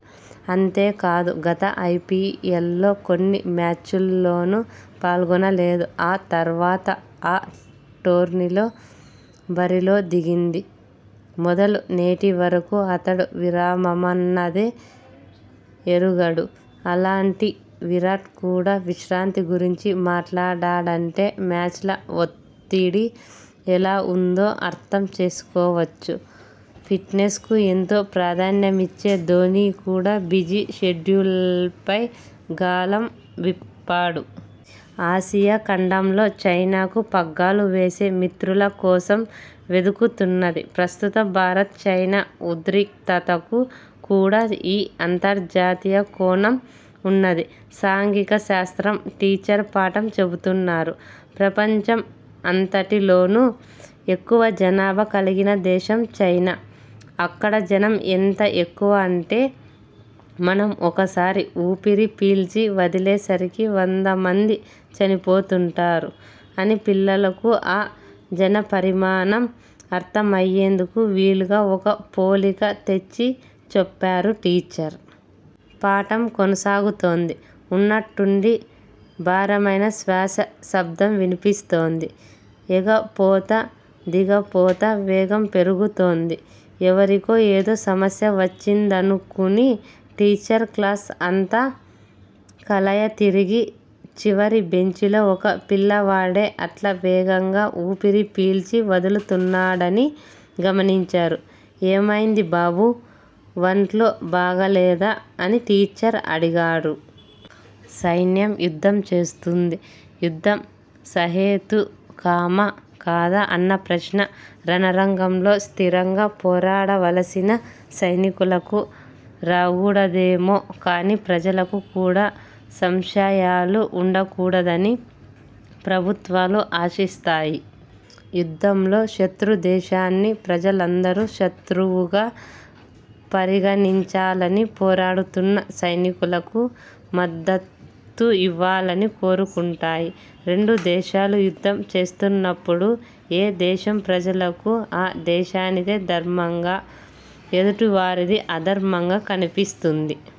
అంతేకాదు గత ఐపీఎల్లో కొన్ని మ్యాచ్ల్లోనూ పాల్గొనలేదు. ఆ తర్వాత ఆ టోర్నీలో బరిలోదిగింది మొదలు నేటివరకూ అతడు విరామమ న్నదే ఎరుగడు. అలాంటి విరాట్ కూడా విశ్రాంతి గురించి మాట్లాడాడంటే మ్యాచ్ల ఒత్తిడి ఎంతలాఉందో అర్థం చేసుకోవచ్చు. ఫిట్నెస్కు ఎంతో ప్రాధాన్యమిచ్చే ధోనీ కూడా బిజీ షెడ్యూల్పై గళం విప్పాడు. ఆసియాఖండంలో చైనాకు పగ్గాలు వేసే మిత్రుల కోసం వెదుకు తున్నది. ప్రస్తుత భారత్-చైనా ఉద్రిక్తతకు కూడా ఈ అంతర్జాతీయ కోణం ఉన్నది. సాంఘిక శాస్త్రం టీచర్ పాఠం చెబుతున్నారు. ప్రపంచం అంతటిలోనూ ఎక్కువ జనాభా కలిగిన దేశం చైనా. అక్కడ జనం ఎంత ఎక్కువ అంటే, మనం ఒకసారి ఊపిరి పీల్చి వదిలేసరికి వంద మంది చనిపోతుంటారు- అని పిల్లలకు ఆ జనపరిమాణం అర్థం అయ్యేందుకు వీలుగా ఒక పోలిక తెచ్చి చెప్పారు టీచర్. పాఠం కొనసాగుతోంది. ఉన్నట్టుండి భారమైన శ్వాస శబ్దం వినిపిస్తోంది. ఎగపోత దిగపోత వేగం పెరిగిపోతోంది. ఎవరికో ఏదో సమస్య వచ్చిందనుకుని టీచర్ క్లాస్ అంతా కలయతిరిగి, చివరి బెంచిలో ఒక పిల్లవాడే అట్లా వేగంగా ఊపిరి పీల్చి వదులుతున్నాడని గమనించారు. ''ఏమైంది బాబూ, వంట్లో బాగాలేదా''-– అని టీచర్ అడిగారు. సైన్యం యుద్ధం చేస్తుంది. యుద్ధం సహేతుకమా కాదా అన్న ప్రశ్న– రణరంగంలో స్థిరంగా పోరాడవలసిన సైనికులకు రాగూడదేమో కానీ, ప్రజలకు కూడా సంశయాలు ఉండకూడదని ప్రభుత్వాలు ఆశిస్తాయి. యుద్ధంలో శత్రుదేశాన్ని ప్రజలందరూ శత్రువుగా పరిగణించాలని, పోరాడుతున్న సైనికులకు మద్దతుఇవ్వాలని కోరుకుంటాయి. రెండుదేశాలు యుద్ధం చేస్తున్నప్పుడు, ఏ దేశం ప్రజలకు ఆ దేశానిదే ధర్మంగా, ఎదుటివారిది అధర్మంగా కనిపిస్తుంది.